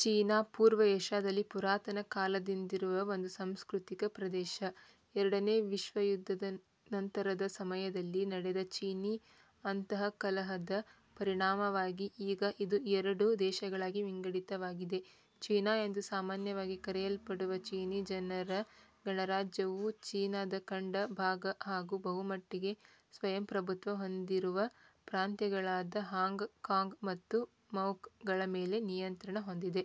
China ಪೂರ್ವ ಏಷ್ಯಾದಲ್ಲಿ ಪುರಾತನ ಕಾಲದಿಂದಿರುವ ಒಂದು ಸಂಸ್ಕೃತಿಕ ಪ್ರದೇಶ. ಎರಡನೇ ವಿಶ್ವಯುದ್ಧದ ನಂತರದ ಸಮಯದಲ್ಲಿ ನಡೆದ ಚೀನಿ ಅಂತಃಕಲಹದ ಪರಿಣಾಮವಾಗಿ ಈಗ ಇದು ಎರಡು ದೇಶಗಳಾಗಿ ವಿಂಗಡಿತವಾಗಿದೆ: ಚೀನಾ ಎಂದು ಸಾಮಾನ್ಯವಾಗಿ ಕರೆಯಲ್ಪಡುವ ಚೀನಿ ಜನರ ಗಣರಾಜ್ಯ ವು ಚೀನದ ಖಂಡ ಭಾಗ, ಹಾಗೂ ಬಹುಮಟ್ಟಿಗೆ ಸ್ವಯಂಪ್ರಭುತ್ವ ಹೊಂದಿರುವ ಪ್ರಾಂತ್ಯಗಳಾದ ಹಾಂಗ್ ಕಾಂಗ್ ಮತ್ತು ಮಕೌ ಗಳ ಮೇಲೆ ನಿಯಂತ್ರಣ ಹೊಂದಿದೆ.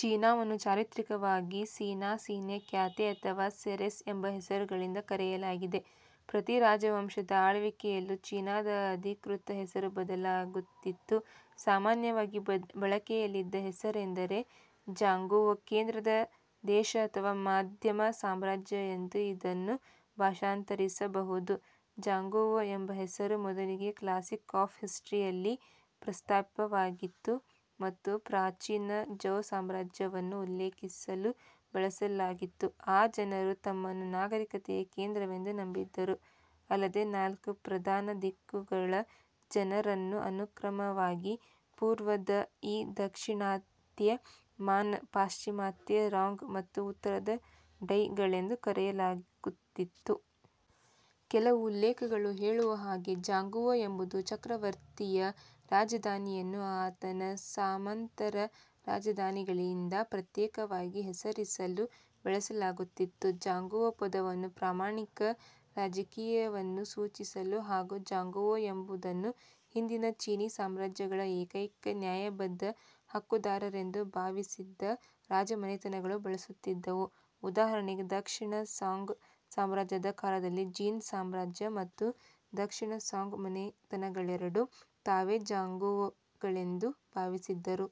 ಚೀನಾವನ್ನು ಚಾರಿತ್ರಿಕವಾಗಿ ಸಿನಾ, ಸಿನೇ, ಕ್ಯಾಥೆ, ಅಥವಾ ಸೆರೆಸ್ ಎಂಬ ಹೆಸರುಗಳಿಂದ ಕರೆಯಲಾಗಿದೆ. ಪ್ರತಿ ರಾಜವಂಶದ ಆಳ್ವಿಕೆಯಲ್ಲೂ ಚೀನಾದ ಅಧಿಕೃತ ಹೆಸರು ಬದಲಾಗುತ್ತಿತ್ತು. ಸಾಮಾನ್ಯವಾಗಿ ಬಳಕೆಯಲ್ಲಿದ್ದ ಹೆಸರೆಂದರೆ ಝಾಂಗ್ಗುವೊ. "ಕೇಂದ್ರದ ದೇಶ" ಅಥವಾ "ಮಧ್ಯಮ ಸಾಮ್ರಾಜ್ಯ" ಎಂದು ಇದನ್ನು ಭಾಷಾಂತರಿಸಬಹುದು. ಝಾಂಗ್ಗುವೋ ಎಂಬ ಹೆಸರು ಮೊದಲಿಗೆ ಕ್ಲಾಸಿಕ್ ಆಫ್ ಹಿಸ್ಟರಿ ಯಲ್ಲಿ ಪ್ರಸ್ತಾಪವಾಗಿತ್ತು, ಮತ್ತು ಪ್ರಾಚೀನ ಝೌ ಸಾಮ್ರಾಜ್ಯವನ್ನು ಉಲ್ಲೇಖಿಸಲು ಬಳಸಲಾಗಿತ್ತು, ಆ ಜನರು ತಮ್ಮನ್ನು "ನಾಗರೀಕತೆಯ ಕೇಂದ್ರ" ವೆಂದು ನಂಬಿದ್ದರು, ಅಲ್ಲದೇ ನಾಲ್ಕು ಪ್ರಧಾನ ದಿಕ್ಕುಗಳ ಜನರನ್ನು ಅನುಕ್ರಮವಾಗಿ ಪೂರ್ವದ ಯಿ, ದಾಕ್ಷಿಣಾತ್ಯ ಮಾನ್, ಪಾಶ್ಚಿಮಾತ್ಯ ರಾಂಗ್ ಮತ್ತು ಉತ್ತರದ ಡೈ ಗಳೆಂದು ಕರೆಯಲಾಗುತ್ತಿತ್ತು. ಕೆಲವು ಉಲ್ಲೇಖಗಳು ಹೇಳುವ ಹಾಗೆ "ಝಾಂಗ್ಗುವೋ" ಎಂಬುದು ಚಕ್ರವರ್ತಿಯ ರಾಜಧಾನಿಯನ್ನು, ಆತನ ಸಾಮಂತ ರ ರಾಜಧಾನಿಗಳಿಂದ ಪ್ರತ್ಯೇಕವಾಗಿ ಹೆಸರಿಸಲು ಬಳಸಲಾಗುತ್ತಿತ್ತು. " ಝಾಂಗ್ಗುವೋ " ಪದವನ್ನು ಪ್ರಾಮಾಣಿಕ ರಾಜಕೀಯವನ್ನು ಸೂಚಿಸಲು, ಹಾಗೂ " ಝಾಂಗ್ಗುವೋ " ಎಂಬುದನ್ನು ಹಿಂದಿನ ಚೀನೀ ಸಾಮ್ರಾಜ್ಯಗಳ ಏಕೈಕ ನ್ಯಾಯಬದ್ಧ ಹಕ್ಕುದಾರರೆಂದು ಭಾವಿಸಿದ್ದ ರಾಜಮನೆತನಗಳು ಬಳಸುತ್ತಿದ್ದವು; ಉದಾಹರಣೆಗೆ, ದಕ್ಷಿಣ ಸಾಂಗ್ ಸಾಮ್ರಾಜ್ಯದ ಕಾಲದಲ್ಲಿ, ಜಿನ್ ಸಾಮ್ರಾಜ್ಯ ಮತ್ತು ದಕ್ಷಿಣ ಸಾಂಗ್ ಮನೆತನಗಳೆರಡೂ ತಾವೇ " ಝಾಂಗ್ಗುವೋ " ಗಳೆಂದು ಭಾವಿಸಿದ್ದರು.